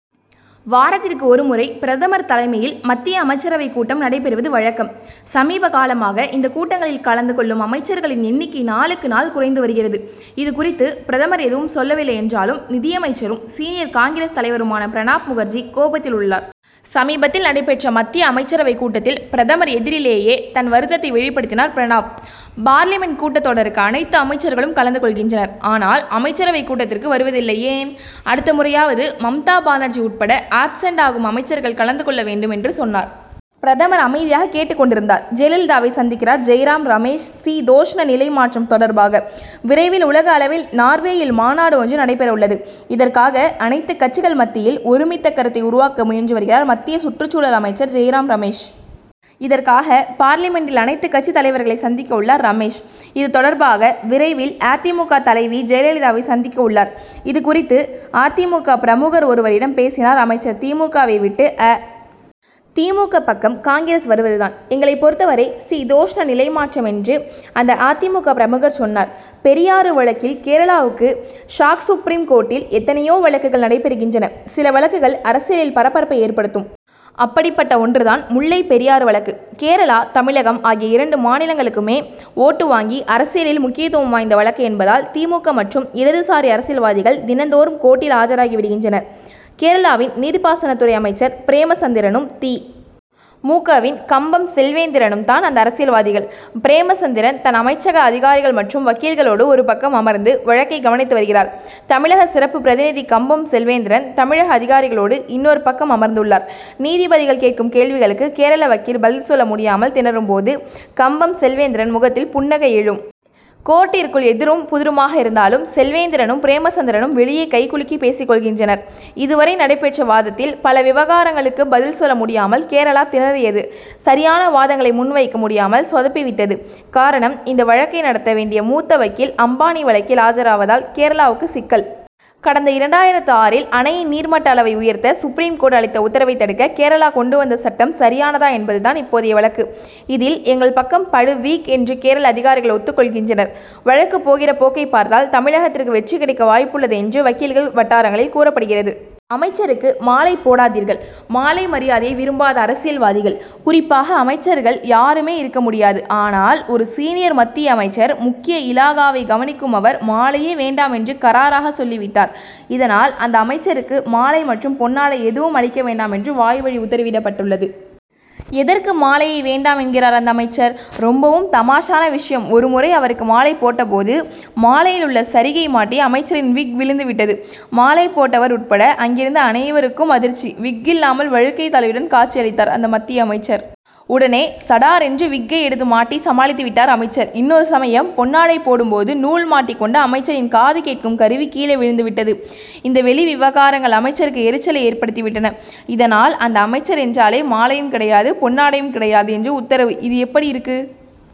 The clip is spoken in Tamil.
வாரத்திற்கு ஒருமுறை, பிரதமர் தலைமையில், மத்திய அமைச்சரவைக் கூட்டம் நடைபெறுவது வழக்கம். சமீபகாலமாக, இந்த கூட்டங்களில், கலந்து கொள்ளும் அமைச்சர்களின் எண்ணிக்கை நாளுக்கு நாள் குறைந்து வருகிறது. இது குறித்து, பிரதமர் எதுவும் சொல்லவில்லை என்றாலும், நிதியமைச்சரும், சீனியர் காங்கிரஸ் தலைவருமான பிரணாப் முகர்ஜி, கோபத்தில் உள்ளார். சமீபத்தில் நடைபெற்ற மத்திய அமைச்சரவைக் கூட்டத்தில், பிரதமர் எதிரிலேயே தன் வருத்தத்தை வெளிப்படுத்தினார் பிரணாப். பார்லிமென்ட் கூட்டத் தொடருக்கு அனைத்து அமைச்சர்களும் கலந்து கொள்கின்றனர்; ஆனால், அமைச்சரவைக் கூட்டத்திற்கு வருவதில்லைஏன்? அடுத்த முறையாவது, மம்தா பானர்ஜி உட்பட, ஆப்சென்ட் ஆகும் அமைச்சர்கள் கலந்து கொள்ள வேண்டும்' என்று சொன்னார். பிரதமர் அமைதியாக கேட்டுக் கொண்டிருந்தார். ஜெயலலிதாவை சந்திக்கிறார் ஜெய்ராம் ரமேஷ்சீதோஷ்ண நிலை மாற்றம் தொடர்பாக, விரைவில் உலக அளவில் நார்வேயில் மாநாடு ஒன்று நடைபெற உள்ளது. இதற்காக, அனைத்து கட்சிகள் மத்தியில், ஒருமித்த கருத்தை உருவாக்க முயன்று வருகிறார் மத்திய சுற்றுச் சூழல் அமைச்சர் ஜெய்ராம் ரமேஷ். இதற்காக, பார்லிமென்ட்டில் அனைத்து கட்சித் தலைவர்களை சந்திக்க உள்ளார் ரமேஷ். இது தொடர்பாக, விரைவில் அ. தி. மு. க., தலைவி ஜெயலலிதாவை சந்திக்க உள்ளார். இது குறித்து, அ. தி. மு. க., பிரமுகர் ஒருவரிடம் பேசினார் அமைச்சர். தி. மு. க.வை விட்டு, அ. தி. மு. க., பக்கம் காங்கிரஸ் வருவது தான், எங்களைப் பொறுத்த வரை சீதோஷ்ண நிலை மாற்றம் என்று அந்த அ. தி. மு. க. பிரமுகர் சொன்னார். பெரியாறு வழக்கில் கேரளாவுக்கு ஷாக்சுப்ரீம் கோர்ட்டில், எத்தனையோ வழக்குகள் நடைபெறுகின்றன. சில வழக்குகள், அரசியலில் பரபரப்பை ஏற்படுத்தும். அப்படிப்பட்ட ஒன்று தான், முல்லைப் பெரியாறு வழக்கு. கேரளா, தமிழகம் ஆகிய இரண்டு மாநிலங்களுக்குமே ஓட்டு வங்கி அரசியலில் முக்கியத்துவம் வாய்ந்த வழக்கு என்பதால், தி. மு. க., மற்றும் இடதுசாரி அரசியல்வாதிகள், தினந்தோறும் கோர்ட்டில் ஆஜராகி விடுகின்றனர். கேரளாவின் நீர்ப்பாசனத்துறை அமைச்சர் பிரேமசந்திரனும், தி. மு. க.வின் கம்பம் செல்வேந்திரனும் தான் அந்த அரசியல்வாதிகள். பிரேமசந்திரன், தன் அமைச்சக அதிகாரிகள் மற்றும் வக்கீல்களோடு ஒரு பக்கம் அமர்ந்து வழக்கை கவனித்து வருகிறார். தமிழக சிறப்பு பிரதிநிதி கம்பம் செல்வேந்திரன், தமிழக அதிகாரிகளோடு இன்னொரு பக்கம் அமர்ந்துள்ளார். நீதிபதிகள் கேட்கும் கேள்விகளுக்கு, கேரள வக்கீல் பதில் சொல்ல முடியாமல் திணறும் போது, கம்பம்செல்வேந்திரன் முகத்தில் புன்னகை எழும். கோர்ட்டிற்குள் எதிரும், புதிருமாக இருந்தாலும், செல்வேந்திரனும், பிரேமசந்திரனும், வெளியே கை குலுக்கி பேசிக் கொள்கின்றனர். இதுவரை நடைபெற்ற வாதத்தில், பல விவகாரங்களுக்கு பதில் சொல்ல முடியாமல் கேரளா திணறியது. சரியான வாதங்களை முன்வைக்க முடியாமல் சொதப்பிவிட்டது. காரணம், இந்த வழக்கை நடத்த வேண்டிய மூத்த வக்கீல், அம்பானி வழக்கில் ஆஜராவதால், கேரளாவுக்கு சிக்கல். கடந்த இரண்டாயிரத்து ஆறில், அணையின் நீர்மட்ட அளவை உயர்த்த, சுப்ரீம் கோர்ட் அளித்த உத்தரவை தடுக்க, கேரளா கொண்டு வந்த சட்டம் சரியானதா என்பது தான் இப்போதைய வழக்கு. இதில், எங்கள் பக்கம் படு வீக் என்று கேரள அதிகாரிகள் ஒத்துக் கொள்கின்றனர். வழக்கு போகிற போக்கைப் பார்த்தால், தமிழகத்திற்கு வெற்றி கிடைக்க வாய்ப்புள்ளது என்று வக்கீல்கள் வட்டாரங்களில் கூறப்படுகிறது. அமைச்சருக்கு மாலை போடாதீர்கள்மாலை மரியாதையை விரும்பாத அரசியல்வாதிகள், குறிப்பாக அமைச்சர்கள், யாருமே இருக்க முடியாது. ஆனால், ஒரு சீனியர் மத்திய அமைச்சர், முக்கிய இலாகாவை கவனிக்கும் அவர், மாலையே வேண்டாம்' என்று கறாராக சொல்லிவிட்டார். இதனால், அந்த அமைச்சருக்கு, மாலை மற்றும் பொன்னாடை எதுவும் அளிக்க வேண்டாம் என்று வாய் வழி உத்தரவிடப்பட்டுள்ளது. எதற்கு மாலையை வேண்டாம் என்கிறார் அந்த அமைச்சர்? ரொம்பவும் தமாஷான விஷயம்ஒருமுறை அவருக்கு மாலை போட்டபோது, மாலையில் உள்ள சரிகை மாட்டி, அமைச்சரின் விக் விழுந்துவிட்டது. மாலை போட்டவர் உட்பட, அங்கிருந்த அனைவருக்கும் அதிர்ச்சி. விக் இல்லாமல் வழுக்கை தலையுடன் காட்சி அளித்தார் அந்த மத்திய அமைச்சர். உடனே, சடாரென்று விக்கை எடுத்து மாட்டி சமாளித்துவிட்டார் அமைச்சர். இன்னொரு சமயம், பொன்னாடை போடும் போது, நூல் மாட்டிக் கொண்டு, அமைச்சரின் காது கேட்கும் கருவி கீழே விழுந்துவிட்டது. இந்த வெளி விவகாரங்கள் அமைச்சருக்கு எரிச்சலை ஏற்படுத்திவிட்டன. இதனால், அந்த அமைச்சர் என்றாலே, மாலையும் கிடையாது, பொன்னாடையும் கிடையாது என்று உத்தரவு இது எப்படி இருக்கு?